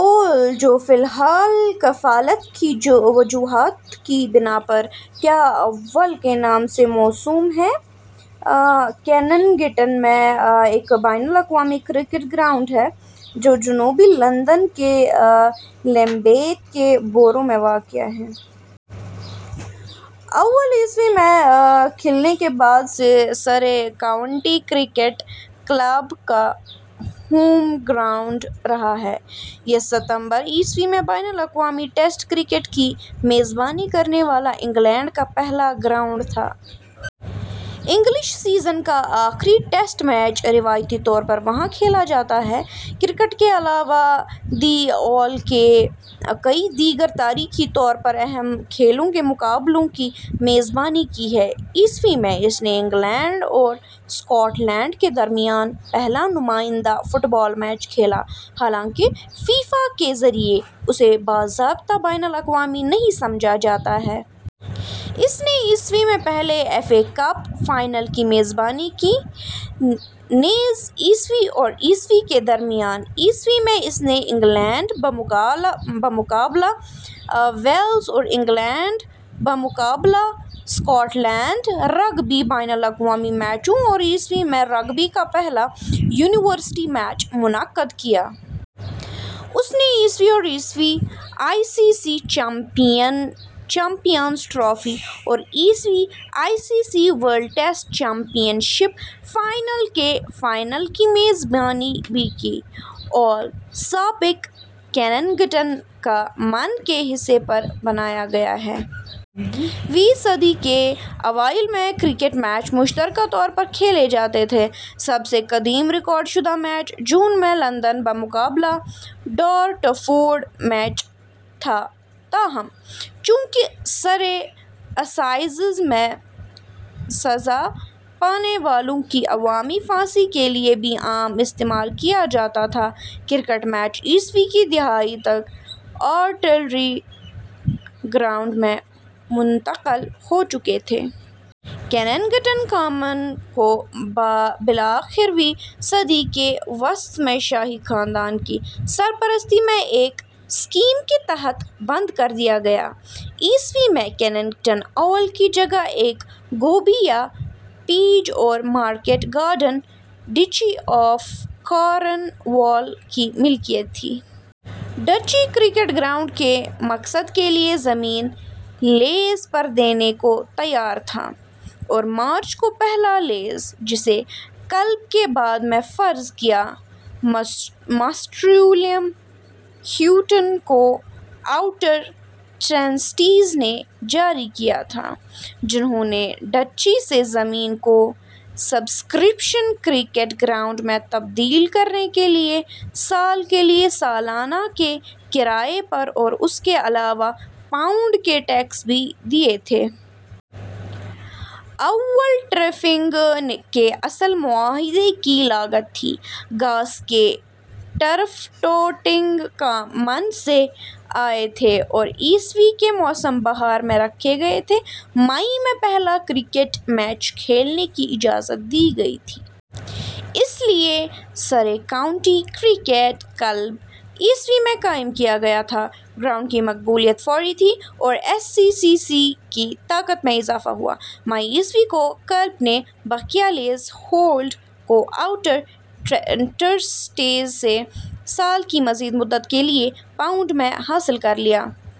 Oval, جو فی الحال کفالت کی وجوہات کی بنا پر ' کیا اوول' کے نام سے موسوم ہے، کیننگٹن میں ایک بین الاقوامی کرکٹ گراؤنڈ ہے، جو جنوبی لندن کے لیمبیتھ کے بورو میں واقع ہے۔ اوول ء میں کھلنے کے بعد سے سرے کاؤنٹی کرکٹ کلب کا ہوم گراؤنڈ رہا ہے۔ یہ ستمبر ء میں بین الاقوامی ٹیسٹ کرکٹ کی میزبانی کرنے والا انگلینڈ کا پہلا گراؤنڈ تھا۔ انگلش سیزن کا آخری ٹیسٹ میچ روایتی طور پر وہاں کھیلا جاتا ہے۔ کرکٹ کے علاوہ، دی اوول نے کئی دیگر تاریخی طور پر اہم کھیلوں کے مقابلوں کی میزبانی کی ہے۔ ء میں، اس نے انگلینڈ اور ا سکاٹ لینڈ کے درمیان پہلا نمائندہ فٹ بال میچ کھیلا، حالانکہ فیفا کے ذریعہ اسے باضابطہ بین الاقوامی نہیں سمجھا جاتا ہے۔ اس نے ء میں پہلے ایف اے کپ فائنل کی میزبانی کی، نیز ء اور ء کے درمیان۔ ء میں، اس نے انگلینڈ بمقابلہ ویلز اور انگلینڈ بمقابلا اسکاٹ لینڈ رگبی بین الاقوامی میچوں اور ء میں، رگبی کا پہلا یونیورسٹی میچ منعقد کیا۔ اس نے ء اور ء I C C champions trophy اور ء I C C world test championship final کے فائنل کی میزبانی بھی کی۔ اوول سابق کیننگٹن کامن کے حصے پر بنایا گیا ہے۔ ویں صدی کے اوائل میں کرکٹ میچ مشترکہ طور پر کھیلے جاتے تھے۔ سب سے قدیم ریکارڈ شدہ میچ جون میں لندن بمقابلہ ڈارٹفورڈ میچ تھا۔ تاہم، چونکہ سرے اسائزز میں سزا پانے والوں کی عوامی پھانسی کے لیے بھی عام استعمال کیا جاتا تھا کرکٹ میچ ء کی دہائی تک آرٹلری گراؤنڈ میں منتقل ہو چکے تھے۔ کیننگٹن کامن کو بالآخر ویں صدی کے وسط میں شاہی خاندان کی سرپرستی میں ایک اسکیم کے تحت بند کر دیا گیا۔ ء میں، کیننگٹن اوول کی جگہ ایک گوبھی کا پیچ اور market garden duchy of Cornwall کی ملکیت تھی۔ ڈچی کرکٹ گراؤنڈ کے مقصد کے لیے زمین لیز پر دینے کو تیار تھا اور مارچ کو پہلا لیز، جسے کلب نے بعد میں فرض کیا، مسٹر ولیم ہیوٹن کو اوٹر ٹرسٹیز نے جاری کیا تھا، جنھوں نے ڈچی سے زمین کو "سبسکرپشن کرکٹ گراؤنڈ میں تبدیل کرنے کے لیے"، سال کے لیے سالانہ کے کرایے پر اور اس کے علاوہ پاؤنڈ کے ٹیکس بھی دیے تھے۔ اوول ٹرفنگ کے اصل معاہدے کی لاگت تھی ، گھاس کے ٹرف ٹوٹنگ کامن سے آئے تھے اور ء کے موسم بہار میں رکھے گئے تھے مئی میں پہلا کرکٹ میچ کھیلنے کی اجازت دی گئی تھی۔ اس لیے، سرے کاؤنٹی کرکٹ کلب ء میں قائم کیا گیا تھا۔ ۔ گراؤنڈ کی مقبولیت فوری تھی اور ایس سی سی سی کی طاقت میں اضافہ ہوا۔ مئی ء کو کلب نے بقیہ لیز ہولڈ کو اوٹر ٹرسٹیز سے سال کی مزید مدت کے لیے پاؤنڈ میں حاصل کر لیا۔